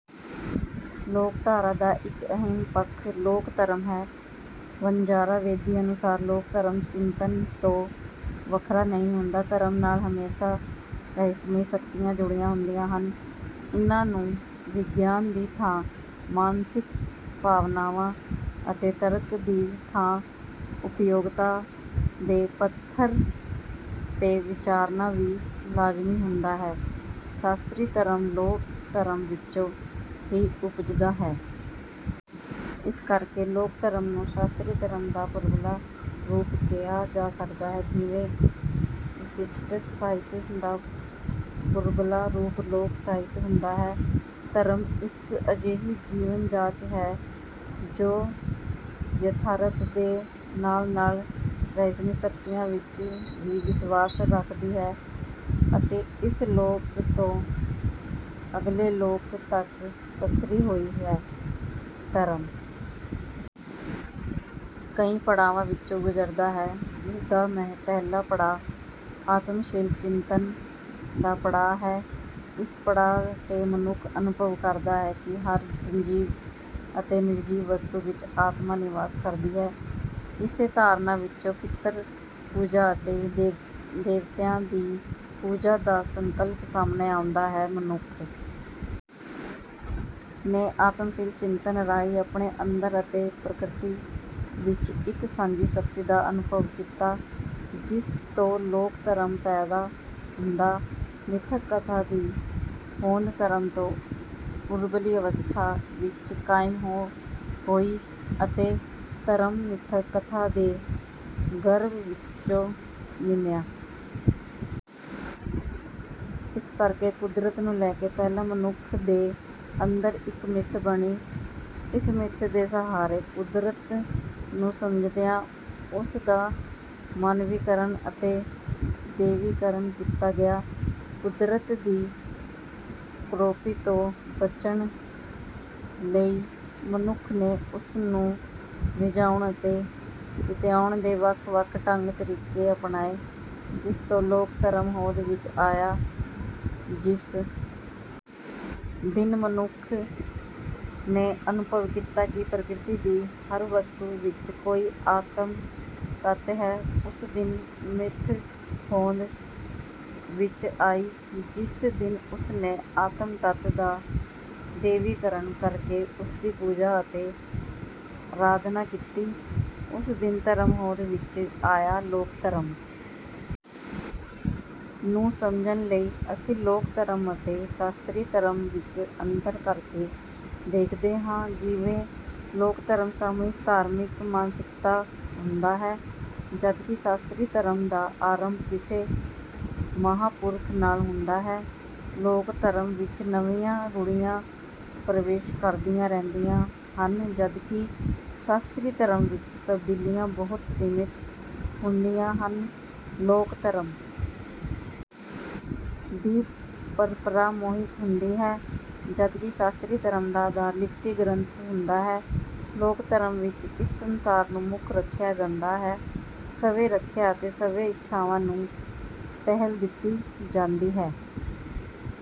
ਲੋਕਧਾਰਾ ਦਾ ਇੱਕ ਅਹਿਮ ਪੱਖ ਲੋਕ-ਧਰਮ ਹੈ। ਵਣਜਾਰਾ ਬੇਦੀ ਅਨੁਸਾਰ ਲੋਕ-ਧਰਮ ਚਿੰਤਨ ਤੋਂ ਵੱਖਰਾ ਨਹੀਂ ਹੁੰਦਾ। ਧਰਮ ਨਾਲ ਹਮੇਸ਼ਾ ਰਹੱਸਮਈ ਸ਼ਕਤੀਆਂ ਜੁੜੀਆਂ ਹੁੰਦੀਆਂ ਹਨ। ਇਨ੍ਹਾਂ ਨੂੰ ਵਿਗਿਆਨ ਦੀ ਥਾਂ ਮਾਨਸਿਕ ਭਾਵਨਾਵਾਂ ਅਤੇ ਤਰਕ ਦੀ ਥਾਂ ਉਪਯੋਗਤਾ ਦੇ ਪੱਧਰ ’ਤੇ ਵਿਚਾਰਨਾ ਵੀ ਲਾਜ਼ਮੀ ਹੁੰਦਾ ਹੈ ਸ਼ਾਸਤਰੀ ਧਰਮ ਲੋਕ-ਧਰਮ ਵਿੱਚੋਂ ਹੀ ਉਪਜਦਾ ਹੈ। ਇਸ ਕਰਕੇ ਲੋਕ-ਧਰਮ ਨੂੰ ਸ਼ਾਸਤਰੀ ਧਰਮ ਦਾ ਪੂਰਬਲਾ ਰੂਪ ਕਿਹਾ ਜਾ ਸਕਦਾ ਹੈ, ਜਿਵੇਂ ਵਿਸ਼ਿਸ਼ਟ ਸਾਹਿਤ ਦਾ ਪੂਰਬਲਾ ਰੂਪ ਲੋਕ-ਸਾਹਿਤ ਹੁੰਦਾ ਹੈ। ਧਰਮ ਇੱਕ ਅਜਿਹੀ ਜੀਵਨ-ਜਾਚ ਹੈ ਜੋ ਯਥਾਰਥ ਦੇ ਨਾਲ-ਨਾਲ ਰਹੱਸਮਈ ਸ਼ਕਤੀਆਂ ਵਿੱਚ ਵੀ ਵਿਸ਼ਵਾਸ ਰੱਖਦੀ ਹੈ ਅਤੇ ਇਸ ਲੋਕ ਤੋਂ ਅਗਲੇ ਲੋਕ ਤੱਕ ਪਸਰੀ ਹੋਈ ਹੈ। ਧਰਮ ਕਈ ਪੜਾਵਾਂ ਵਿੱਚੋਂ ਗੁਜ਼ਰਦਾ ਹੈ, ਜਿਸ ਦਾ ਪਹਿਲਾ ਪੜਾਅ ਆਤਮਸ਼ੀਲ ਚਿੰਤਨ ਦਾ ਪੜਾਅ ਹੈ। ਇਸ ਪੜਾਅ ’ਤੇ ਮਨੁੱਖ ਅਨੁਭਵ ਕਰਦਾ ਹੈ ਕਿ ਹਰ ਸਜੀਵ ਅਤੇ ਨਿਰਜੀਵ ਵਸਤੂ ਵਿੱਚ ਆਤਮਾ ਨਿਵਾਸ ਕਰਦੀ ਹੈ। ਇਸੇ ਧਾਰਨਾ ਵਿੱਚੋਂ ਪਿਤਰ-ਪੂਜਾ ਅਤੇ ਦੇਵਤਿਆਂ ਦੀ ਪੂਜਾ ਦਾ ਸੰਕਲਪ ਸਾਹਮਣੇ ਆਉਂਦਾ ਹੈ। ਮਨੁੱਖ ਨੇ ਆਤਮਸ਼ੀਲ ਚਿੰਤਨ ਰਾਹੀਂ ਆਪਣੇ ਅੰਦਰ ਅਤੇ ਪ੍ਰਕਿਰਤੀ ਵਿੱਚ ਇੱਕ ਸਾਂਝੀ ਸ਼ਕਤੀ ਦਾ ਅਨੁਭਵ ਕੀਤਾ, ਜਿਸ ਤੋਂ ਲੋਕ-ਧਰਮ ਪੈਦਾ ਹੁੰਦਾ ਹੈ ਮਿਥਕ-ਕਥਾ ਦੀ ਹੋਂਦ ਧਰਮ ਤੋਂ ਪੂਰਬਲੀ ਅਵਸਥਾ ਵਿੱਚ ਕਾਇਮ ਹੋਈ ਅਤੇ ਧਰਮ ਮਿਥਕ-ਕਥਾ ਦੇ ਗਰਭ ਵਿੱਚੋਂ ਨਿਮਿਆ। ਇਸ ਕਰਕੇ ਕੁਦਰਤ ਨੂੰ ਲੈ ਕੇ ਪਹਿਲਾਂ ਮਨੁੱਖ ਦੇ ਅੰਦਰ ਇੱਕ ਮਿੱਥ ਬਣੀ। ਇਸ ਮਿੱਥ ਦੇ ਸਹਾਰੇ ਕੁਦਰਤ ਨੂੰ ਸਮਝਦਿਆਂ ਉਸ ਦਾ ਮਾਨਵੀਕਰਨ ਅਤੇ ਦੈਵੀਕਰਨ ਕੀਤਾ ਗਿਆ। ਕੁਦਰਤ ਦੀ ਕ੍ਰੋਪੀ ਤੋਂ ਬਚਣ ਲਈ ਮਨੁੱਖ ਨੇ ਉਸ ਨੂੰ ਰਿਝਾਉਣ ਅਤੇ ਪਤਿਆਉਣ ਦੇ ਵੱਖ-ਵੱਖ ਢੰਗ-ਤਰੀਕੇ ਅਪਣਾਏ, ਜਿਸ ਤੋਂ ਲੋਕ-ਧਰਮ ਹੋਂਦ ਵਿੱਚ ਆਇਆ। ਜਿਸ ਦਿਨ ਮਨੁੱਖ ਨੇ ਅਨੁਭਵ ਕੀਤਾ ਕਿ ਪ੍ਰਕਿਰਤੀ ਦੀ ਹਰ ਵਸਤੂ ਵਿੱਚ ਕੋਈ ਆਤਮ-ਤੱਤ ਹੈ, ਉਸ ਦਿਨ ਮਿੱਥ ਹੋਂਦ ਵਿੱਚ ਆਈ। ਜਿਸ ਦਿਨ ਉਸ ਨੇ ਆਤਮ-ਤੱਤ ਦਾ ਦੈਵੀਕਰਨ ਕਰਕੇ ਉਸ ਦੀ ਪੂਜਾ ਅਤੇ ਅਰਾਧਨਾ ਕੀਤੀ, ਉਸ ਦਿਨ ਧਰਮ ਹੋਂਦ ਵਿੱਚ ਆਇਆ। ਲੋਕ-ਧਰਮ ਨੂੰ ਸਮਝਣ ਲਈ ਅਸੀਂ ਲੋਕ-ਧਰਮ ਅਤੇ ਸ਼ਾਸਤਰੀ ਧਰਮ ਵਿੱਚ ਅੰਤਰ ਕਰਕੇ ਦੇਖਦੇ ਹਾਂ। ਜਿਵੇਂ ਲੋਕ-ਧਰਮ ਸਮੂਹਿਕ ਧਾਰਮਿਕ ਮਾਨਸਿਕਤਾ ਹੁੰਦਾ ਹੈ, ਜਦਕਿ ਸ਼ਾਸਤਰੀ ਧਰਮ ਦਾ ਆਰੰਭ ਕਿਸੇ ਮਹਾਂਪੁਰਖ ਨਾਲ ਹੁੰਦਾ ਹੈ। ਲੋਕ-ਧਰਮ ਵਿੱਚ ਨਵੀਆਂ ਰੂੜੀਆਂ ਪ੍ਰਵੇਸ਼ ਕਰਦੀਆਂ ਰਹਿੰਦੀਆਂ ਹਨ, ਜਦਕਿ ਸ਼ਾਸਤਰੀ ਧਰਮ ਵਿੱਚ ਤਬਦੀਲੀਆਂ ਬਹੁਤ ਸੀਮਿਤ ਹੁੰਦੀਆਂ ਹਨ। ਲੋਕ-ਧਰਮ ਦੀ ਪਰੰਪਰਾ ਮੌਖਿਕ ਹੁੰਦੀ ਹੈ, ਜਦਕਿ ਸ਼ਾਸਤਰੀ ਧਰਮ ਦਾ ਆਧਾਰ ਲਿਖਤੀ ਗ੍ਰੰਥ ਹੁੰਦਾ ਹੈ। ਲੋਕ-ਧਰਮ ਵਿੱਚ ਇਸ ਸੰਸਾਰ ਨੂੰ ਮੁੱਖ ਰੱਖਿਆ ਜਾਂਦਾ ਹੈ। ਸਵੈ-ਰੱਖਿਆ ਅਤੇ ਸਵੈ-ਇੱਛਾਵਾਂ ਨੂੰ ਪਹਿਲ ਦਿੱਤੀ ਜਾਂਦੀ ਹੈ।